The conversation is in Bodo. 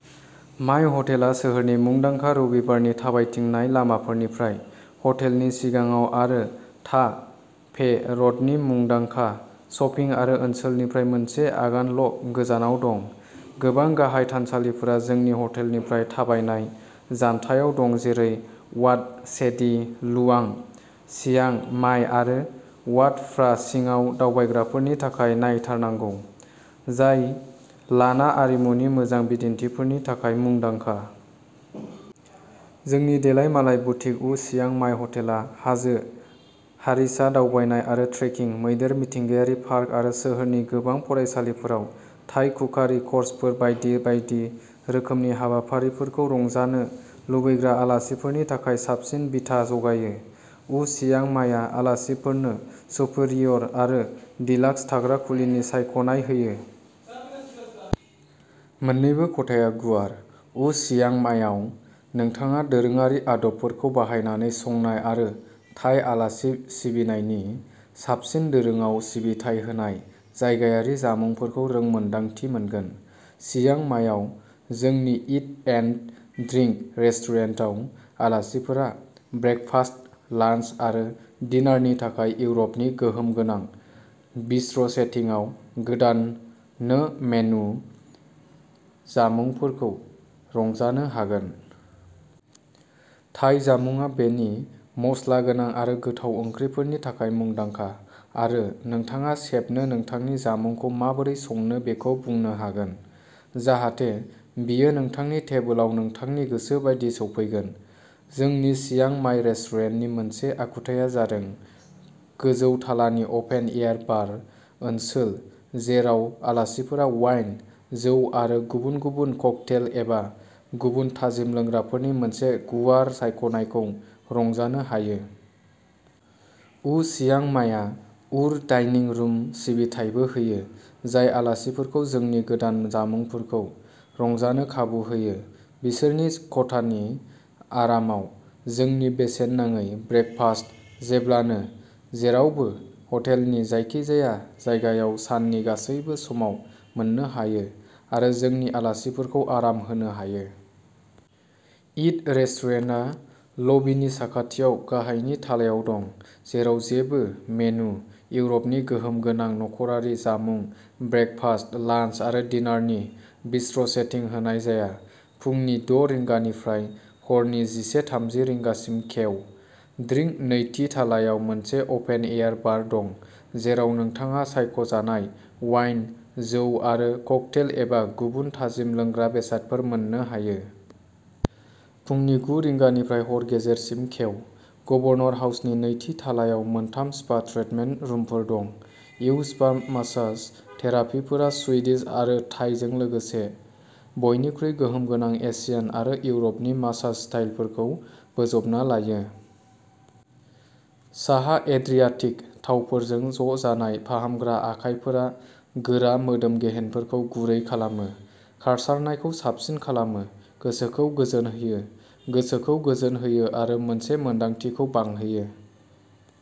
माइ हटेलआ सोहोरनि मुंदांखा रबिबारनि थाबायथिंनाय लामाफोरनिफ्राय ह'टेलनि सिगाङाव आरो था फे र'डनि मुंदांखा शपिं ओनसोलनिफ्राय मोनसे आगानल'गोजानाव दं। गोबां गाहाय थानसालिफोरा जोंनि हटेलनिफ्राय थाबायनाय जानथायाव दं जेरै वाट चेदि लुआं, चियां माइ आरो वाट फ्रा सिंआव दावबायग्राफोरनि थाखाय नायथारनांगौ, जाय लाना आरिमुनि मोजां बिदिन्थिफोरनि थाखाय मुंदांखा। जोंनि देलायमालाय बुटिक उ चियां माइ हटेलआ हाजो-हारिसा दावबायनाय आरो ट्रेकिं, मैदेर मिथिंगायारि पार्क आरो सोहोरनि गोबां फरायसालिफोराव थाइ कुकारि क'र्सफोर बायदि बायदि रोखोमनि हाबाफारिफोरखौ रंजानो लुबैग्रा आलासिफोरनि थाखाय साबसिन बिथा जगायो। उ चियां माइआ आलासिफोरनो सुपिरियर आरो डीलाक्स थाग्रा खुलिनि सायख'नाय होयो। मोन्नैबो खथाया गुवार। उ चियां माइआव नोंथाङा दोरोङारि आदबफोरखौ बाहायनानै संनाय आरो थाई आलासि सिबिनायनि साबसिन दोरोंआव सिबिथाय होनाय जायगायारि जामुंफोरखौ रोंमोन्दांथि मोनगोन। चियां माइआव जोंनि इट एन्ड ड्रिंक रेस्टुरेन्टाव आलासिफोरा ब्रेकफास्ट, लान्स आरो डिनारनि थाखाय इउर'पनि गोहोम गोनां बिस्ट्र'सेटिंआव गोदान "नो मेनु" जामुंफोरखौ रंजानो हागोन। थाई जामुंआ बेनि मस्ला गोनां आरो गोथाव ओंख्रिफोरनि थाखाय मुंदांखा आरो नोंथाङा सेफनो नोंथांनि जामुंखौ माबोरै संनो बेखौ बुंनो हागोन, जाहाथे बेयो नोंथांनि टेबोलाव नोंथांनि गोसो बायदि सौफैगोन। जोंनि चियां माइ रेस्टुरेन्टनि मोनसे आखुथाया जादों गोजौ थालानि अपेन एयार बार ओनसोल जेराव आलासिफोरा वाइन, जौ आरो गुबुन गुबुन ककटेल एबा गुबुन थाजिम लोंग्राफोरनि मोनसे गुवार सायख'नायखौ रंजानो हायो। उ चियां माइआ उर डाइनिं रुम सिबिथाइबो होयो जाय आलासिफोरखौ जोंनि गोदान जामुंफोरखौ रंजानो खाबु होयो। बिसोरनि खथानि आरामाव। जोंनि बेसेन नाङै ब्रेकफास्ट "जेब्लानो जेरावबो" ह'टेलनि जायखिजाया जायगायाव साननि गासैबो समाव मोननो हायो आरो जोंनि आलासिफोरखौ आराम होनो हायो। "इट" रेस्टुरेन्टआ लबिनि साखाथियाव गाहायनि थालायाव दं, जेराव जेबो मेनु, इउर'पनि गोहोम गोनां नखरारि जामुं, ब्रेकफास्ट, लान्स आरो डिनारनि बिस्ट्र'सेटिं होनाय जाया। फुंनि द' रिंगानिफ्राय हरनि जिसे थामजि रिंगासिम खेव। "ड्रिंक" नैथि थालायाव मोनसे अपेन एयार बार दं जेराव नोंथाङा सायख'जानाय वाइन, जौ आरो ककटेल एबा गुबुन थाजिम लोंग्रा बेसादफोर मोन्नो हायो। फुंनि गु रिंगानिफ्राय हर गेजेरसिम खेव। गभर्नर हाउसनि नैथि थालायाव मोनथाम स्पा ट्रिटमेन्ट रुमफोर दं। इउ स्पा मसाज थेरापिफोरा सुइडिश आरो थाईजों लोगोसे बयनिख्रुइ गोहोम गोनां एसियान आरो इउर'पनि मासाज स्टाइलफोरखौ बोजबना लायो। साहा एड्रियाटिक थावफोरजों ज'जानाय फाहामग्रा आखायफोरा गोरा मोदोम गेहेनफोरखौ गुरै खालामो, खारसारनायखौ साबसिन खालामो, गोसोखौ गोजोन होयो, गोसोखौ गोजोन होयो आरो मोनसे मोनदांथिखौ बांहोयो।